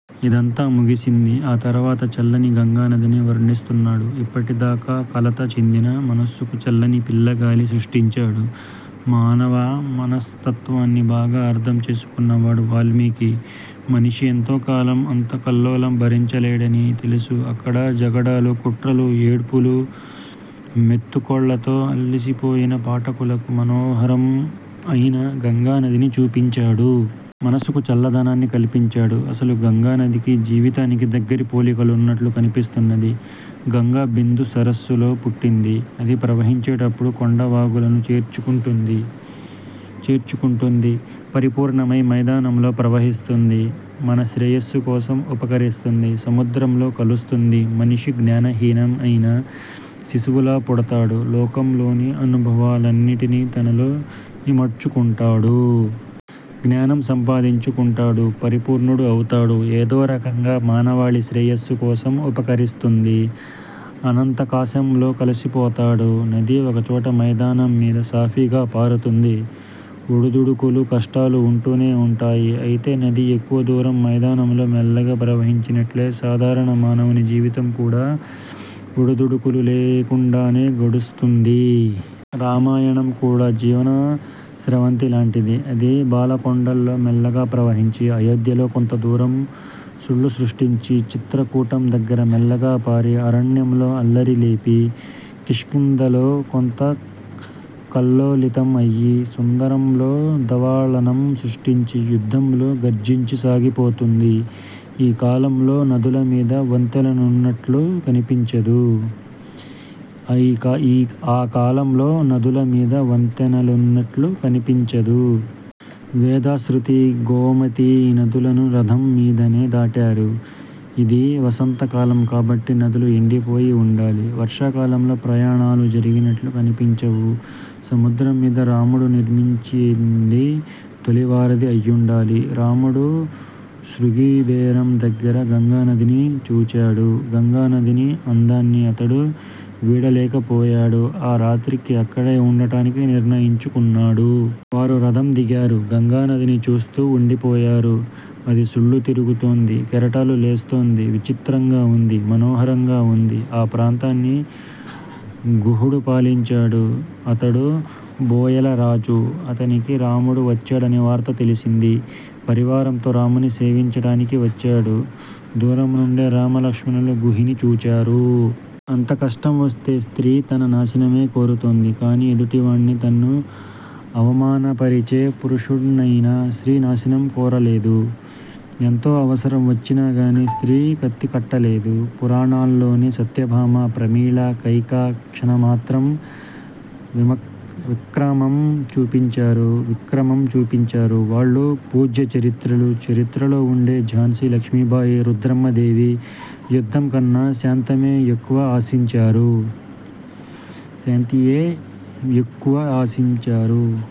అదంతా ముగిసింది. ఆ తరువాత చల్లని గంగానదిని వర్ణిస్తున్నాడు. ఇప్పటిదాక కలత చెందిన మనసుకు చల్లని పిల్లగాలి సృష్టించాడు. మానవ మనస్తత్వాన్ని బాగా అర్థం చేసుకున్నవాడు వాల్మీకి. మనిషి ఎంతోకాలం అంత కల్లోలం భరించలేడని తెలుసు అక్కడ జగడాలు, కుట్రలు, ఏడ్పులు, మొత్తుకోళ్లతో అలసిపోయిన పాఠకులకు మనోహరం అయిన గంగానదిని చూపించాడు. మనసుకు చల్లదనాన్ని కల్పించాడు. అసలు గంగానదికీ జీవితానికీ దగ్గరి పోలికలున్నట్లు కనిపిస్తున్నది. గంగ బిందుసరస్సులో పుట్టింది. అది ప్రవహించేప్పుడు కొండవాగులను చేర్చుకుంటుంది. పరిపూర్ణమై మైదానంలో ప్రవహిస్తుంది. మన శ్రేయస్సుకోసం ఉపకరిస్తుంది. సముద్రంలో కలుస్తుంది. మనిషి జ్ఞానహీనం అయిన శిశువులా పుడ్తాడు. లోకంలోని అనుభవాలన్నింటిని తనలో ఇముడ్చుకుంటాడు. జ్ఞానం సంపాదించుకుంటాడు. పరిపూర్ణుడు అవుతాడు. ఏదోరకంగా మానవాళి శ్రేయస్సు కోసం ఉపకరిస్తుంది. అనంతాకాశంలో కలిసిపోతాడు. నది ఒకచోట మైదానం మీద సాఫీగా పారుతుంది. ఒడుదుడుకులూ, కష్టాలూ ఉంటూనే ఉంటాయి. అయితే నది ఎక్కువ దూరం మైదానంలో మెల్లగా ప్రవహించినట్టు సాధారణ మానవుని జీవితం కూడ ఒడుదుడుకులు లేకుండానే గడుస్తుంది. రామాయణం కూడా జీవన స్రవంతిలాంటిదే. అది బాలకాండలో మెల్లగా ప్రవహించి, అయోధ్యలో కొంతదూరం సుళ్ళు సృష్టించి, చిత్రకూటం దగ్గర మెల్లగా పారి, అరణ్యంలో అల్లరి లేపి కిష్కింధలో కొంత కల్లోలితం అయి, సుందరంలో దవాలనం సృష్టించి, యుద్ధంలో గర్జించి సాగిపోతుంది. ఆ కాలంలో నదులమీద వంతెనలున్నట్లు కనిపించదు. వేదశృతి, గోమతి నదులను రథం మీదనే దాటారు. అది వసంతకాలం కాబట్టి నదులు ఎండిపోయి ఉండాలి. వర్షాకాలంలో ప్రయాణాలు జరిగినట్లు కనిపించవు. సముద్రం మీద రాముడు నిర్మించిందే తొలి వారధి అయ్యుండాలి. రాముడు శృంగిబేరం దగ్గర గంగానదిని చూచాడు. గంగానదిని అందాన్ని అతడు వీడలేకపోయాడు. ఆరాత్రికి అక్కడే ఉండటానికి నిర్ణయించుకున్నాడు. వారు రథం దిగారు. గంగానదిని చూస్తూ ఉండిపోయారు. అది సుళ్ళు తిరుగుతూంది, కెరటాలు లేస్తూంది. విచిత్రంగా ఉంది. మనోహరంగా ఉంది. ఆ ప్రాంతాన్ని గుహుడు పాలించాడు. అతడు బోయలరాజు. అతనికి రాముడు వచ్చాడనే వార్త తెలిసింది. పరివారంతో రాముని సేవించడానికి వచ్చాడు. దూరంనుండే రామలక్ష్మణులు గుహుని చూచారు. అంత కష్టం వస్తే స్త్రీ తన నాశనమే కోరుతుంది. కాని ఎదుటివాణ్ణి తన్ను అవమానపరచే పురుషుణ్ణయినా, స్త్రీ నాశనం కోరలేదు. ఎంతో అవసరం వచ్చినాగాని స్త్రీ కత్తికట్టలేదు. పూరాణాల్లోని సత్యభామ, ప్రమీల, కైక క్షణమాత్రం విక్రమం చూపించారు. వాళ్ళు పూజ్య చరిత్రలు. చరిత్రలో ఉండే ఝాన్సీలక్ష్మీబాయి, రుద్రమదేవి యుద్ధంకన్న శాంతమే యెక్కువ ఆశించారు.